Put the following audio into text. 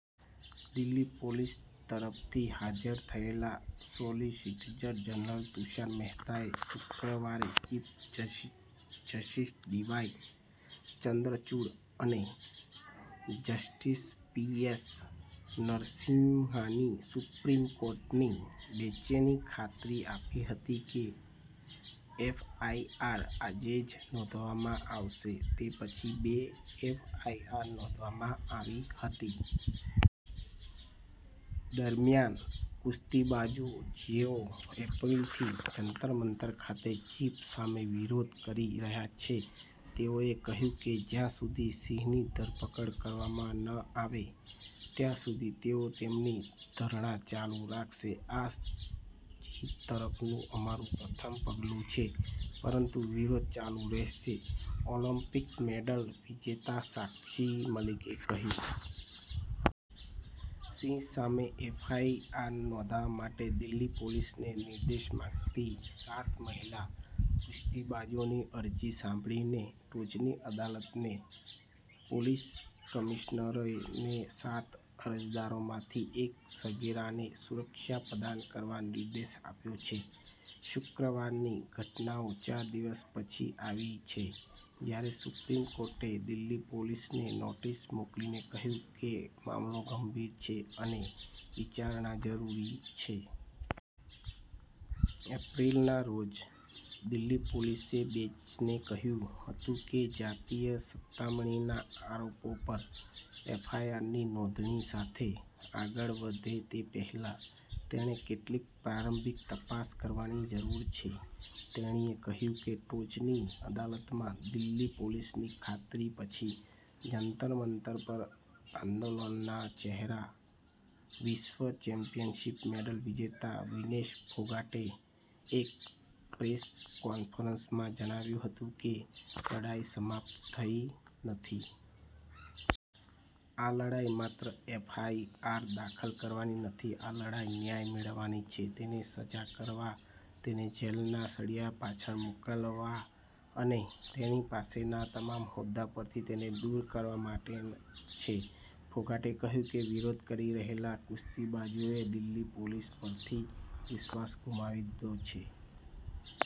Delhi police તરફથી હાજર થયેલા સોલિસિટર જનરલ તુષાર મહેતાએ શુક્રવારે ચીફ જસ્ટિસ ડીવાય ચંદ્રચુડ અને જસ્ટિસ પીએસ નરસિમ્હાની સુપ્રીમ કોર્ટની બેંચને ખાતરી આપી હતી કે એફઆઈઆર "આજે જ નોંધવામાં આવશે" તે પછી બે એફઆઈઆર નોંધવામાં આવી હતી. દરમિયાન કુસ્તીબાજો જેઓ એપ્રિલથી જંતર-મંતર ખાતે ચીફ સામે વિરોધ કરી રહ્યાં છે, તેઓએ કહ્યું કે જ્યાં સુધી સિંહની ધરપકડ કરવામાં ન આવે ત્યાં સુધી તેઓ તેમની ધરણા ચાલુ રાખશે. "આ જીત તરફનું અમારું પ્રથમ પગલું છે, પરંતુ વિરોધ ચાલુ રહેશે," ઓલિમ્પિક મેડલ વિજેતા સાક્ષી મલિકે કહ્યું. સિંઘ સામે એફઆઈઆર નોંધવા માટે દિલ્હી પોલીસને નિર્દેશ માંગતી સાત મહિલા કુસ્તીબાજોની અરજી સાંભળીને, ટોચની અદાલતે પોલીસ કમિશનરને સાત અરજદારોમાંથી એક સગીરને સુરક્ષા પ્રદાન કરવાનો નિર્દેશ આપ્યો. શુક્રવારની ઘટનાઓ ચાર દિવસ પછી આવી છે જ્યારે સુપ્રીમ કોર્ટે દિલ્હી પોલીસને નોટિસ મોકલીને કહ્યું હતું કે મામલો "ગંભીર" છે અને વિચારણા જરૂરી છે. એપ્રિલના રોજ દિલ્હી પોલીસે બેંચને કહ્યું હતું કે જાતીય સતામણીના આરોપો પર એફઆઈઆરની નોંધણી સાથે આગળ વધે તે પહેલાં તેણે કેટલીક પ્રારંભિક તપાસ કરવાની જરૂર છે. તેણીએ કહ્યું કે ટોચની અદાલતમાં દિલ્હી પોલીસની ખાતરી પછી જંતર-મંતર પર આંદોલનનો ચહેરો વિશ્વ ચેમ્પિયનશિપ મેડલ વિજેતા વિનેશ ફોગાટે એક પ્રેસ કોન્ફરન્સમાં જણાવ્યું હતું કે લડાઈ સમાપ્ત થઈ નથી. "આ લડાઈ માત્ર એફઆઈઆર દાખલ કરાવવાની નથી. આ લડાઈ ન્યાય મેળવવાની છે, તેને સજા કરવા તેને જેલના સળિયા પાછળ મોકલવા અને તેની પાસેના તમામ હોદ્દા પરથી તેને દૂર કરવા માટે છે," ફોગાટે કહ્યું કે વિરોધ કરી રહેલા કુસ્તીબાજોએ દિલ્હી પોલીસ પરથી વિશ્વાસ ગુમાવી દીધો છે.